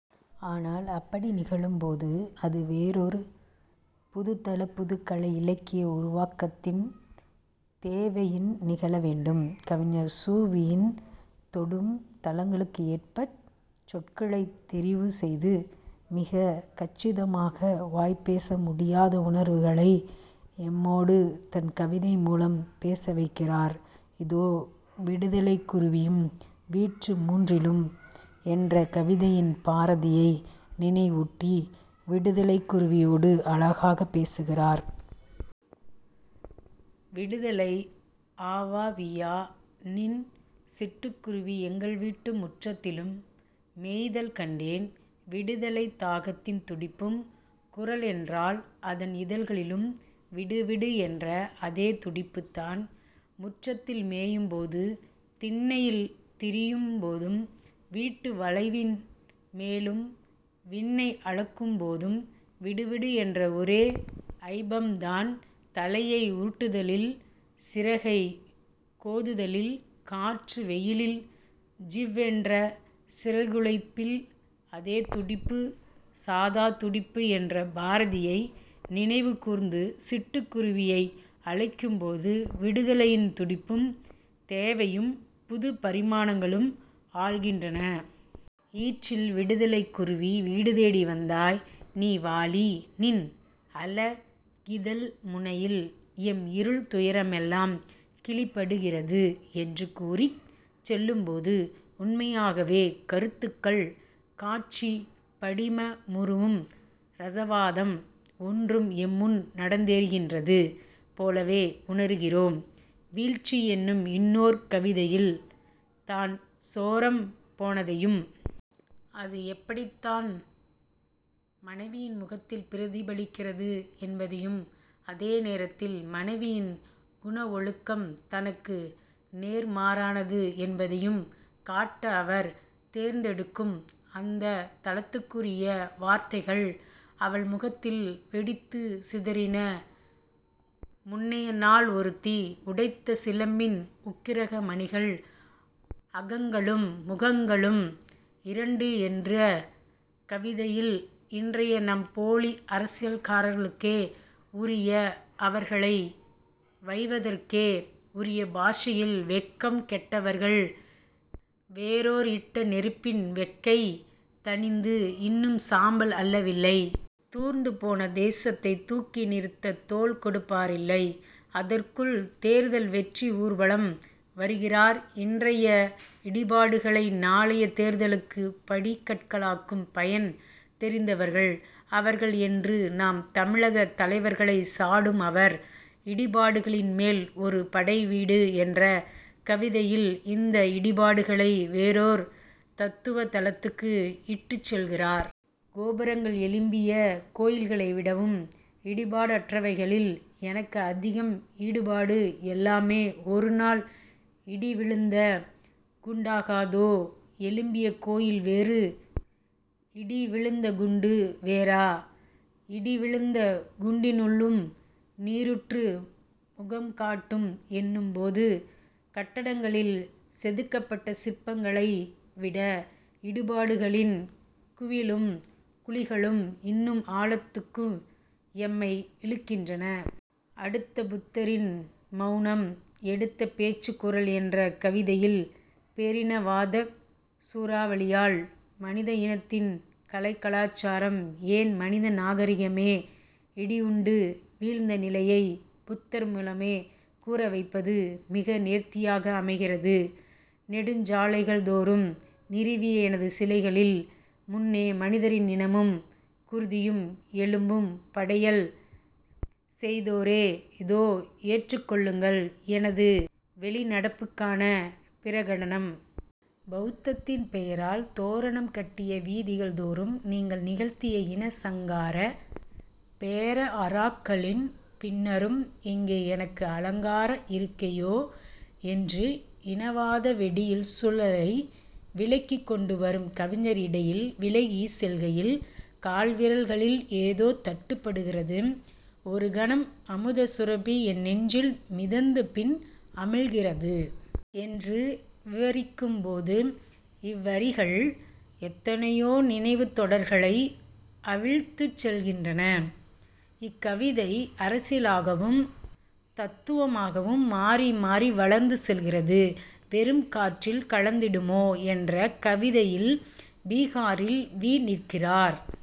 ஆனால் அப்படி நிகழும்போது அது வேரொரு புதுத்தள புதுக் கலை இலக்கிய உருவாக்கத்தின் தேவையின் நிகழ வேண்டும். கவிஞர் சு. வி. யின் தொடும் தளங்களுக்கேற்பச் சொற்களைத் தெரிவுசெய்து மிகக் கச்சிதமாக வாய்பேச முடியாத உணர்வுகளை எம்மோடு தன் கவிதை மூலம் பேசவைக்கிறார். இதோ விடுதலைக் குருவியும் வீட்டு மூன்றிலும் என்ற கவிதையில் பாரதியை நினைவூட்டி விடுதலைக் குருவியோடு அழகாகப் பேசுகிறார். விடுதலை ஆவாவியா நின் சிட்டுக் குருவி எங்கள் வீட்டு முற்றத்திலும் மேய்தல் கண்டேன். விடுதலைத் தாகத்தின் துடிப்பும் குரலென்றால் அதன் இதழ்களிலும் விடு விடு என்ற அதே துடிப்புத்தான். முற்றத்தில் மேயும் போதும் திண்ணையில் திரியும் போதும் வீட்டு வளையின் மேலும் விண்ணை அளக்கும் போதும் விடுவிடு என்ற ஒரே ஐபம்தான் தலையை உருட்டுதலில் சிறகைக் கோதுதலில் காற்று வெளியில் ஜிவ் வென்ற சிறகுதைப்பில் அதே துடிப்பு சாதா துடிப்பு என்று பாரதியை நினைவுகூர்ந்து சிட்டுக் குருவியை அழைக்கும்போது விடுதலையின் துடிப்பும் தேவையும் புதுப் பரிமாணங்களும் ஆழ்கின்றன. ஈற்றில் விடுதலைக் குருவீ! வீடுதேடி வந்தாய் நீ வாழி நின் அலகிதழ் முனையில் எம் இருள் துயரெல்லாம் கிழிபடுகிறது என்று கூறிச் செல்லும்போது உண்மையாகவே கருத்துக்கள் காட்சிப் படிமமுறும் ரசவாதம் ஒன்று எம்முன்நடந்தேறுகின்றது போலவே உணர்கிறோம். வீழ்ச்சி என்னும் இன்னோர் கவிதையில் தான் சோரம் போனதையும் அது எப்படித் தான் மனைவியின் முகத்தில் பிரதிபலிக்கிறது என்பதையும் அதேநேரத்தில் மனைவியின் குணவொழுக்கம் தனக்கு நேர்மாறானது என்பதையும் காட்ட அவர் தேர்ந்தெடுக்கும் அந்தத் தளத்துக்குரிய வார்த்தைகள் அவள் முகத்தில் வெடித்துச் சிதறின முன்னைநாள் ஒருத்தி உடைத்த சிலம்பின் உக்கிர மணிகள் அகங்களும் முகங்களும் இரண்டு என்ற கவிதையில் இன்றைய நம் போலி அரசியல்காரர்களுக்கே உரிய அவர்களை வைவதற்கே உரிய பாஷையில் வெட்கம் கெட்டவர்கள் வேற்றோர் இட்ட நெருப்பின் வெக்கை தணிந்து இன்னும் சாம்பல் அள்ளவில்லை. தூர்ந்து போன தேசத்தைத் தூக்கி நிறுத்தத் தோள் கொடுப்பாரில்லை. அதற்குள் தேர்தல் வெற்றி ஊர்வலம் வருகிறார் இன்றைய இடிபாடுகளை நாளைய தேர்தலுக்கு படிக் கற்களாக்கும் பயன் தெரிந்தவர்கள் அவர்கள் என்று நம் தமிழ்த் தலைவர்களைச் சாடும் அவர் இடிபாடுகளின்மேல் ஒரு படைவீடு என்ற கவிதையில் இந்த இடிபாடுகளை வேறோர் தத்துவத் தளத்துக்கு இட்டுச் செல்கிறார். கோபுரங்கள் எழும்பிய கோயில்களை விடவும் இடிபாடற்றவைகளில் எனக்கு அதிகம் ஈடுபாடு எல்லாமே ஒரு நாள் இடிவிழுந்த குண்டாகாதோ? எழும்பிய கோயில் வேறு. இடிவிழுந்தகுண்டு வேறா? இடிவிழுந்த குண்டினுள்ளும் நீருற்று முகங்காட்டும். என்னும்போது கட்டடங்களில் செதுக்கப்பட்ட சிற்பங்களை விட இடிபாடுகளின் குவியலும் குழிகளும் இன்னும் ஆழத்துக்கு எம்மை இழுக்கின்றன. அடுத்து புத்தரின் மௌனம் எடுத்த பேச்சுக் குரல் என்ற கவிதையில் பேரினவாதச் சூறாவளியால் மனித இனத்தின் கலை கலாசாரம் ஏன் மனித நாகரிகமே இடியுண்டு வீழ்ந்த நிலையை புத்தர் மூலமே கூறவைப்பது மிக நேர்த்தியாக அமைகிறது. நெடுஞ் சாலைகள்தோறும் நிறுவிய எனது சிலைகளின் முன்னே மனிதரின் நிணமும் குருதியும் எலும்பும் படையல் செய்தோரே இதோ ஏற்றுக் கொள்ளுங்கள் எனது வெளிநடப்புக்கான பிரகடனம். பௌத்தத்தின் பேரால் தோரணம் கட்டிய வீதிகள் தோறும் நீங்கள் நிகழ்த்திய இன சங்காரப் பேரஹராக்களின் பின்னரும் இங்கே எனக்கு அலங்கார இருக்கையோ? என்று இனவாத வெடில் சூழலை விளக்கிக் கொண்டு வரும் கவிஞர் இடையில் விலகி செல்கையில் கால்விரல்களில் ஏதோ தட்டுப்படுகிறது. ஒரு கணம் அமுத சுரபி என் நெஞ்சில் மிதந்து பின் அமிழ்கிறது. என்று விவரிக்கும் போது இவ்வரிகள் எத்தனையோ நினைவுத் தொடர்களை அவிழ்த்துச் செல்கின்றன. இக்கவிதை அரசியலாகவும், தத்துவமாகவும் மாறி மாறி வளர்ந்து செல்கிறது. வெறுங் காற்றில் கலந்திடுமோ என்ற கவிதையில் பீகாரில் வி. நிற்கிறார்.